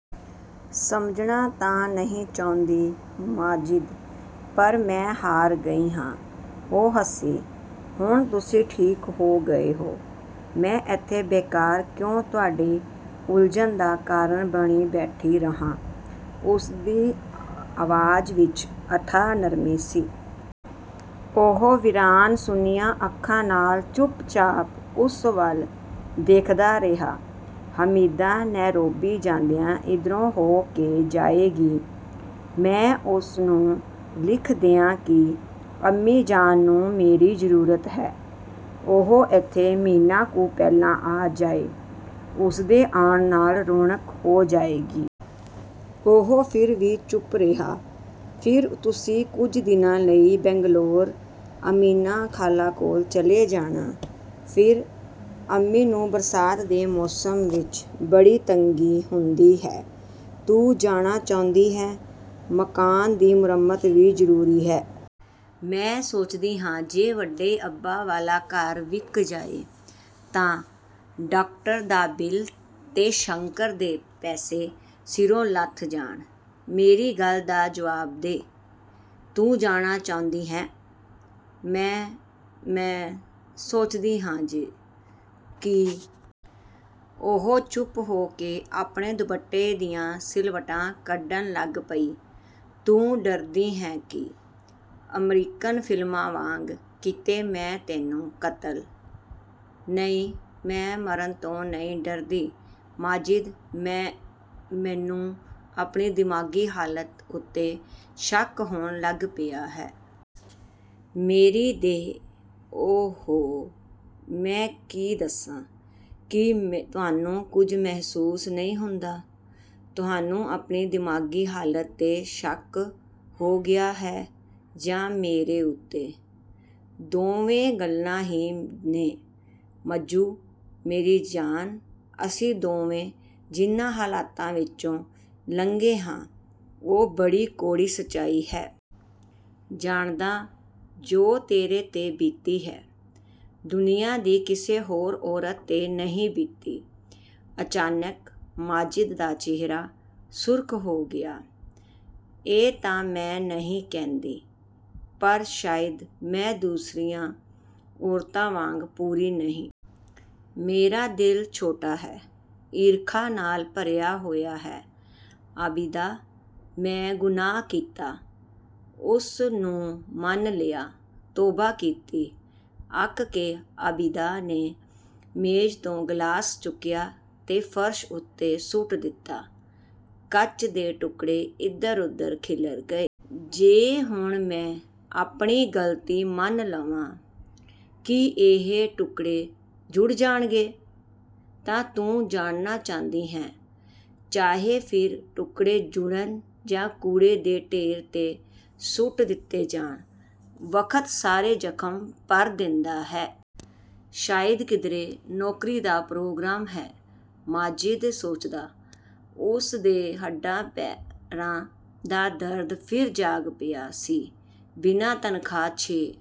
"ਸਮਝਣਾ ਤਾਂ ਨਹੀਂ ਚਾਹੁੰਦੀ ਮਾਜਿਦ, ਪਰ ਮੈਂ ਹਾਰ ਗਈ ਹਾਂ।" ਉਹ ਹੱਸੀ, "ਹੁਣ ਤੁਸੀਂ ਠੀਕ ਹੋ ਗਏ ਹੋ, ਮੈਂ ਇੱਥੇ ਬੇਕਾਰ ਕਿਉਂ ਤੁਹਾਡੀ ਉਲਝਣ ਦਾ ਕਾਰਨ ਬਣੀ ਬੈਠੀ ਰਹਾਂ?" ਉਸਦੀ ਆਵਾਜ਼ ਵਿੱਚ ਅਥਾਹ ਨਰਮੀ ਸੀ। ਉਹ ਵੀਰਾਨ-ਸੁੰਨੀਆਂ ਅੱਖਾਂ ਨਾਲ ਚੁੱਪਚਾਪ ਉਸ ਵੱਲ ਦੇਖਦਾ ਰਿਹਾ। "ਹਮੀਦਾ ਨੇਰੋਬੀ ਜਾਂਦਿਆਂ ਇੱਧਰ ਹੋ ਕੇ ਜਾਏਗੀ। ਮੈਂ ਉਸਨੂੰ ਲਿਖ ਦਿਆਂ ਕਿ ਅੰਮੀ ਜਾਨ ਨੂੰ ਮੇਰੀ ਜ਼ਰੂਰਤ ਹੈ, ਉਹ ਇੱਥੇ ਮਹੀਨਾ ਕੁ ਪਹਿਲਾਂ ਆ ਜਾਏ, ਉਸਦੇ ਆਉਣ ਨਾਲ ਰੌਣਕ ਹੋ ਜਾਏਗੀ।" ਉਹ ਫਿਰ ਵੀ ਚੁੱਪ ਰਿਹਾ। "ਫਿਰ ਤੁਸੀਂ ਕੁਝ ਦਿਨਾਂ ਲਈ ਬੰਗਲੌਰ, ਅਮੀਨਾ ਖਾਲਾ ਕੋਲ ਚਲੇ ਜਾਣਾ।" "ਫਿਰ?" "ਅੰਮੀ ਨੂੰ ਬਰਸਾਤ ਦੇ ਮੌਸਮ ਵਿੱਚ ਬੜੀ ਤੰਗੀ ਹੁੰਦੀ ਹੈ।" "ਤੂੰ ਜਾਣਾ ਚਾਹੁੰਦੀ ਹੈਂ?" "ਮਕਾਨ ਦੀ ਮੁਰੰਮਤ ਵੀ ਜ਼ਰੂਰੀ ਹੈ। ਮੈਂ ਸੋਚਦੀ ਹਾਂ ਜੇ ਵੱਡੇ ਅੱਬਾ ਵਾਲਾ ਘਰ ਵਿਕ ਜਾਏ ਤਾਂ ਡਾਕਟਰ ਦਾ ਬਿੱਲ ਤੇ ਸ਼ੰਕਰ ਦੇ ਪੈਸੇ ਸਿਰੋਂ ਲੱਥ ਜਾਣ।" "ਮੇਰੀ ਗੱਲ ਦਾ ਜਵਾਬ ਦੇ, ਤੂੰ ਜਾਣਾ ਚਾਹੁੰਦੀ ਹੈਂ?" "ਮੈਂ-ਮੈਂ ਸੋਚਦੀ ਹਾਂ ਜੇ," "ਕੀ?" ਉਹ ਚੁੱਪ ਹੋ ਕੇ ਆਪਣੇ ਦੁਪੱਟੇ ਦੀਆਂ ਸਿਲਵਟਾਂ ਕੱਢਣ ਲੱਗ ਪਈ। "ਤੂੰ ਡਰਦੀ ਹੈਂ ਕਿ ਅਮਰੀਕਨ ਫ਼ਿਲਮਾਂ ਵਾਂਗ ਕਿਤੇ ਮੈਂ ਤੈਨੂੰ ਕਤਲ" "ਨਹੀਂ, ਮੈਂ ਮਰਨ ਤੋਂ ਨਹੀਂ ਡਰਦੀ ਮਾਜਿਦ, ਮ-ਮੈਨੂੰ ਆਪਣੀ ਦਿਮਾਗ਼ੀ ਹਾਲਤ ਉੱਤੇ ਸ਼ੱਕ ਹੋਣ ਲੱਗ ਪਿਆ ਹੈ। ਮੇਰੀ ਦੇਹ, ਓ-ਹੋ, ਮੈਂ ਕੀ ਦੱਸਾਂ। ਕੀ ਤੁਹਾਨੂੰ ਕੁਝ ਮਹਿਸੂਸ ਨਹੀਂ ਹੁੰਦਾ?" "ਤੈਨੂੰ ਆਪਣੀ ਦਿਮਾਗ਼ੀ ਹਾਲਤ 'ਤੇ ਸ਼ੱਕ ਹੋ ਗਿਆ ਹੈ, ਜਾਂ ਮੇਰੇ ਉੱਤੇ?" "ਦੋਵੇਂ ਗੱਲਾਂ ਹੀ ਨੇ। ਮੱਜੂ ਮੇਰੀ ਜਾਨ ਅਸੀਂ ਦੋਵੇਂ ਜਿਹਨਾਂ ਹਲਾਤਾਂ ਵਿੱਚੋਂ ਲੰਘੇ ਹਾਂ, ਉਹ ਬੜੀ ਕੌੜੀ ਸਚਾਈ ਹੈ।" "ਜਾਣਦਾ, ਜੋ ਤੇਰੇ 'ਤੇ ਬੀਤੀ ਹੈ, ਦੁਨੀਆਂ ਦੀ ਕਿਸੇ ਹੋਰ ਔਰਤ 'ਤੇ ਨਹੀਂ ਬੀਤੀ।" ਅਚਾਨਕ ਮਾਜਿਦ ਦਾ ਚਿਹਰਾ ਸੁਰਖ਼ ਹੋ ਗਿਆ। "ਇਹ ਤਾਂ ਮੈਂ ਨਹੀਂ ਕਹਿੰਦੀ, ਪਰ ਸ਼ਾਇਦ ਮੈਂ ਦੂਸਰੀਆਂ ਔਰਤਾਂ ਵਾਂਗ ਪੂਰੀ ਨਹੀਂ। ਮੇਰਾ ਦਿਲ ਛੋਟਾ ਹੈ। ਈਰਖਾ ਨਾਲ ਭਰਿਆ ਹੋਇਆ ਹੈ।" "ਆਬਿਦਾ, ਮੈਂ ਗੁਨਾਹ ਕੀਤਾ, ਉਸਨੂੰ ਮੰਨ ਲਿਆ, ਤੋਬਾ ਕੀਤੀ!" ਅੱਕ ਕੇ ਆਬਿਦਾ ਨੇ ਮੇਜ਼ ਤੋਂ ਗਿਲਾਸ ਚੁੱਕਿਆ ਤੇ ਫ਼ਰਸ਼ ਉੱਤੇ ਸੁੱਟ ਦਿੱਤਾ। ਕੱਚ ਦੇ ਟੁੱਕੜੇ ਇਧਰ-ਉਧਰ ਖਿੱਲਰ ਗਏ। "ਜੇ ਹੁਣ ਮੈਂ ਆਪਣੀ ਗ਼ਲਤੀ ਮੰਨ ਲਵਾਂ, ਕੀ ਇਹ ਟੁਕੜੇ ਜੁੜ ਜਾਣਗੇ?" "ਤਾਂ ਤੂੰ ਜਾਣਾ ਚਾਹੁੰਦੀ ਹੈਂ, ਚਾਹੇ ਫਿਰ ਟੁਕੜੇ ਜੁੜਨ ਜਾਂ ਕੂੜੇ ਦੇ ਢੇਰ 'ਤੇ ਸੁੱਟ ਦਿੱਤੇ ਜਾਣ?" "ਵਕਤ ਸਾਰੇ ਜ਼ਖ਼ਮ ਭਰ ਦੇਂਦਾ ਹੈ। ਸ਼ਾਇਦ ਕਿਧਰੇ ਨੌਕਰੀ ਦਾ ਪ੍ਰੋਗਰਾਮ ਹੈ," ਮਾਜਿਦ ਸੋਚਦਾ। ਉਸਦੇ ਹੱਡਾਂ-ਪੈਰਾਂ ਦਾ ਦਰਦ ਫਿਰ ਜਾਗ ਪਿਆ ਸੀ। ਬਿਨਾਂ ਤਨਖ਼ਾਹ, ਛੇ